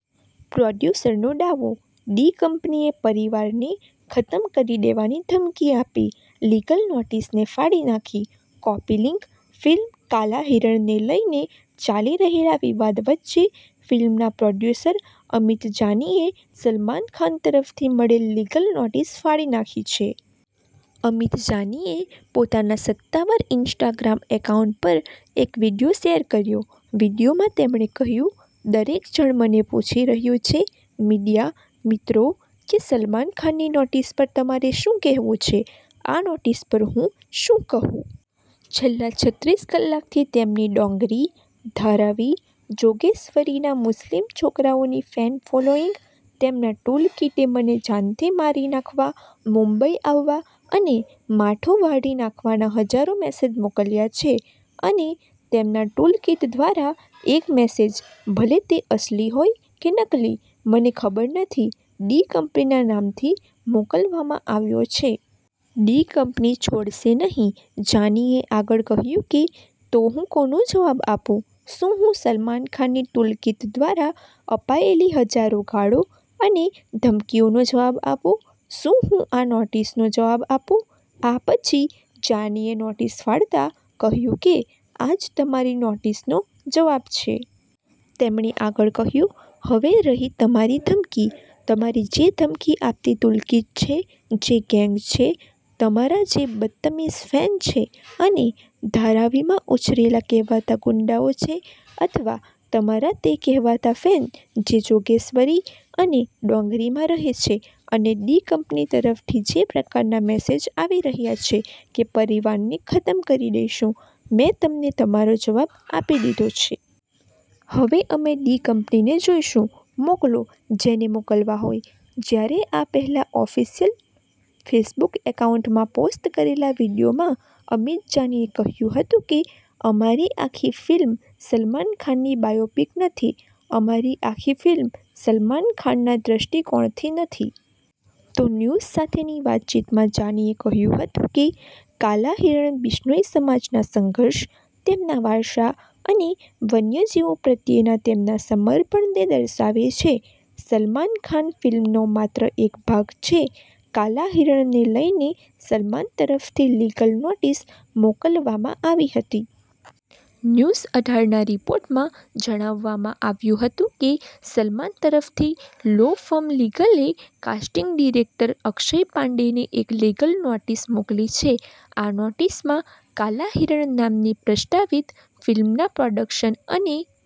પ્રોડ્યુસરનો દાવો:- "ડી-કંપનીએ પરિવારને ખતમ કરી દેવાની ધમકી આપી"; લીગલ નોટિસને ફાડી નાખી. કૉપી લિંક ફિલ્મ 'કાલા હિરણ'ને લઈને ચાલી રહેલા વિવાદ વચ્ચે ફિલ્મના પ્રોડ્યુસર અમિત જાનીએ સલમાન ખાન તરફથી મળેલ લીગલ નોટિસ ફાડી નાખી છે. અમિત જાનીએ પોતાના સત્તાવાર ઇન્સ્ટાગ્રામ એકાઉન્ટ પર એક વીડિયો શેર કર્યો. વીડિયોમાં તેમણે કહ્યું, "દરેક જણ મને પૂછી રહ્યું છે, મીડિયા, મિત્રો, કે સલમાન ખાનની નોટિસ પર તમારે શું કહેવું છે? આ નોટિસ પર હું શું કહું? છેલ્લા છત્રીસ કલાકથી તેમની ડોંગરી, ધારાવી, જોગેશ્વરીના મુસ્લિમ છોકરાઓની ફેન ફોલોઈંગ, તેમના ટૂલકિટે મને જાનથી મારી નાખવા, મુંબઈ આવવા અને માથું વાઢી નાખવાના હજારો મેસેજ મોકલ્યા છે, અને તેમના ટૂલકિટ દ્વારા એક મેસેજ, ભલે તે અસલી હોય કે નકલી, મને ખબર નથી, ડી-કંપનીના નામથી મોકલવામાં આવ્યો છે. ડી-કંપની છોડશે નહીં." જાનીએ આગળ કહ્યું કે, "તો હું કોનો જવાબ આપું? શું હું સલમાન ખાનની ટૂલકિટ દ્વારા અપાયેલી હજારો ગાળો અને ધમકીઓનો જવાબ આપું? શું હું આ નોટિસનો જવાબ આપું?" આ પછી જાનીએ નોટિસ ફાડતા કહ્યું કે, "આ જ તમારી નોટિસનો જવાબ છે." તેમણે આગળ કહ્યું, "હવે રહી તમારી ધમકી, તમારી જે ધમકી આપતી ટૂલકિટ છે, જે ગેંગ છે, તમારા જે બદતમીઝ ફેન છે, અને ધારાવીમાં ઉછરેલા કહેવાતા ગુંડાઓ છે, અથવા તમારા તે કહેવાતા ફેન જે જોગેશ્વરી અને ડોંગરીમાં રહે છે, અને ડી-કંપની તરફથી જે પ્રકારના મેસેજ આવી રહ્યા છે કે પરિવારને ખતમ કરી દઈશું, મેં તમને તમારો જવાબ આપી દીધો છે. હવે અમે ડી-કંપનીને જોઈશું. મોકલો, જેને મોકલવા હોય." જ્યારે, આ પહેલા ઓફિશિયલ ફેસબુક એકાઉન્ટમાં પોસ્ટ કરેલા વીડિયોમાં અમિત જાનીએ કહ્યું હતું કે, "અમારી આખી ફિલ્મ સલમાન ખાનની બાયોપિક નથી. અમારી આખી ફિલ્મ સલમાન ખાનના દૃષ્ટિકોણથી નથી." તો ન્યૂઝ સાથેની વાતચીતમાં જાનીએ કહ્યું હતું કે, ''કાલા હિરણ' બિશ્નોઈ સમાજના સંઘર્ષ, તેમના વારસા અને વન્યજીવો પ્રત્યેના તેમના સમર્પણને દર્શાવે છે. સલમાન ખાન ફિલ્મનો માત્ર એક ભાગ છે." 'કાલા હિરણ'ને લઈને સલમાન તરફથી લીગલ નોટિસ મોકલવામાં આવી હતી. ન્યૂઝ અઢારના રિપોર્ટમાં જણાવવામાં આવ્યું હતું કે, "સલમાન તરફથી લો ફર્મ લીગલે કાસ્ટિંગ ડિરેક્ટર અક્ષય પાંડેને એક લીગલ નોટિસ મોકલી છે. આ નોટિસમાં 'કાલા હિરણ' નામની પ્રસ્તાવિત ફિલ્મના પ્રોડક્શન અને